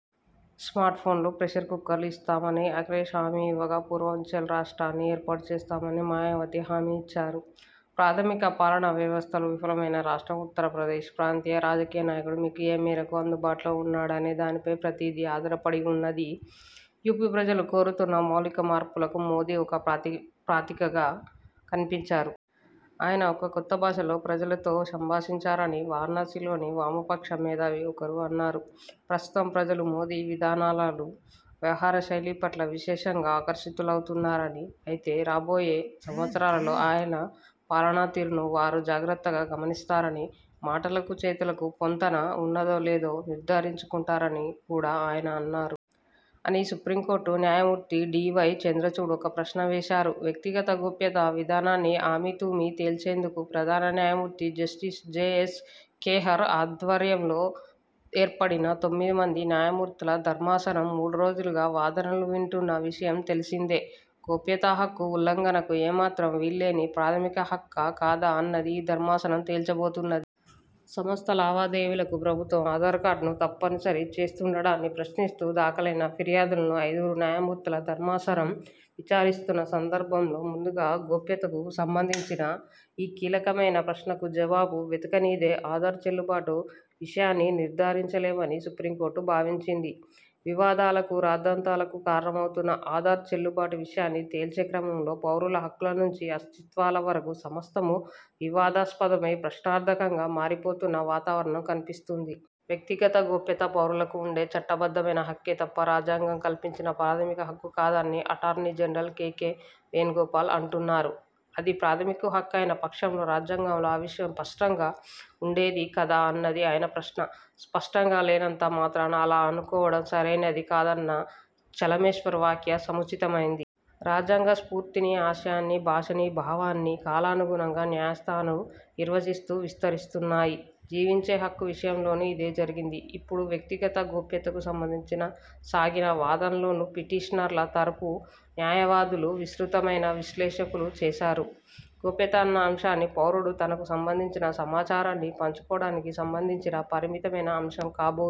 Smart ఫోన్లు, pressure కుక్కర్లు ఇస్తామని అఖిలేశ్ హామీ ఇవ్వగా పూర్వాంచల్ రాష్ట్రాన్ని ఏర్పాటు చేస్తానని మాయావతి హామీఇచ్చారు. ప్రాథమిక పాలనా వ్యవస్థలు విఫలమైన రాష్ట్రం ఉత్తరప్రదేశ్. ప్రాంతీయ రాజకీయనాయకుడు మీకు ఏ మేరకు అందుబాటులో ఉన్నాడనే దానిపైనే ప్రతిదీ ఆధారపడివున్నది. యూపీ ప్రజలు కోరుతున్న మౌలిక మార్పులకు మోదీ ఒక ప్రతీకగా కనిపించారు. ఆయన ఒక కొత్త భాషలో ప్రజలతో సంభాషించారని' వారణాసిలోని వామపక్ష మేధావి ఒకరు అన్నారు. ప్రస్తుతం ప్రజలు మోదీ విధానాలు, వ్యవహారశైలిపట్ల విశేషంగా ఆకర్షితులవుతున్నారని, అయితే రాబోయే సంవత్సరాలలో ఆయన పాలనాతీరును వారు జాగ్రత్తగా గమనిస్తారని, మాటలకు చేతలకు పొంతన వున్నదో లేదో నిర్ధారించుకుంటారని కూడా ఆయన అన్నారు. అని సుప్రీంకోర్టు న్యాయమూర్తి డి. వై. చంద్రచూడ్ ఓ ప్రశ్న వేశారు. వ్యక్తిగత గోప్యత వివాదాన్ని అమీతుమీ తేల్చేందుకు ప్రధాన న్యాయమూర్తి జస్టిస్ జె. ఎస్. ఖేహార్ ఆధ్వర్యంలో ఏర్పడిన తొమ్మిది మంది న్యాయమూర్తుల ధర్మాసనం మూడురోజులుగా వాదనలు వింటున్న విషయం తెలిసిందే. గోప్యతహక్కు ఉల్లంఘనకు ఏమాత్రం వీల్లేని ప్రాథమిక హక్కా, కాదా అన్నది ఈ ధర్మాసనం తేల్చబోతున్నది. సమస్త లావాదేవీలకు ప్రభుత్వం ఆధార్ను తప్పనిసరి చేస్తుండటాన్ని ప్రశ్నిస్తూ దాఖలైన ఫిర్యాదులను ఐదుగురు న్యాయమూర్తుల ధర్మాసనం విచారిస్తున్న సందర్భంలో, ముందుగా గోప్యతకు సంబంధించిన ఈ కీలకమైన ప్రశ్నకు జవాబు వెతకనిదే ఆధార్ చెల్లుబాటు విషయాన్ని నిర్థారించలేమని సుప్రీంకోర్టు భావించింది. వివాదాలకు, రాద్ధాంతాలకు కారణమవుతున్న ఆధార్ చెల్లుబాటు విషయాన్ని తేల్చేక్రమంలో పౌరుల హక్కుల నుంచి అస్తిత్వాల వరకూ సమస్తమూ వివాదాస్పదమై, ప్రశ్నార్థకంగా మారిపోతున్న వాతావరణం కనిపిస్తున్నది. వ్యక్తిగత గోప్యత పౌరులకు ఉండే చట్టబద్ధమైన హక్కే తప్ప, రాజ్యాంగం కల్పించిన ప్రాథమిక హక్కు కాదని attorney general K. K. Venugopal అంటున్నారు. అది ప్రాథమిక హక్కు అయిన పక్షంలో రాజ్యాంగంలో ఆ విషయం స్పష్టంగా ఉండేది కదా అన్నది ఆయన ప్రశ్న. స్పష్టంగా లేనంత మాత్రాన అలా అనుకోవడం సరైనది కాదన్న చలమేశ్వర్ వ్యాఖ్య సముచితమైనది. రాజ్యాంగ స్ఫూర్తినీ, ఆశయాన్నీ, భాషనీ, భావాన్నీ కాలానుగుణంగా న్యాయస్థానాలు నిర్వచిస్తూ విస్తరిస్తున్నాయి. జీవించే హక్కు విషయంలోనూ ఇదే జరిగింది. ఇప్పుడు, వ్యక్తిగత గోప్యతకు సంబంధించి సాగిన వాదనల్లోనూ పిటిషనర్ల తరఫు న్యాయవాదులు విస్తృతమైన విశ్లేషణలు చేశారు. గోప్యత అన్న అంశాన్ని పౌరుడు తనకు సంబంధించిన సమాచారాన్ని పంచుకోవడానికి సంబంధించిన పరిమితమైన అంశం కాబోదు.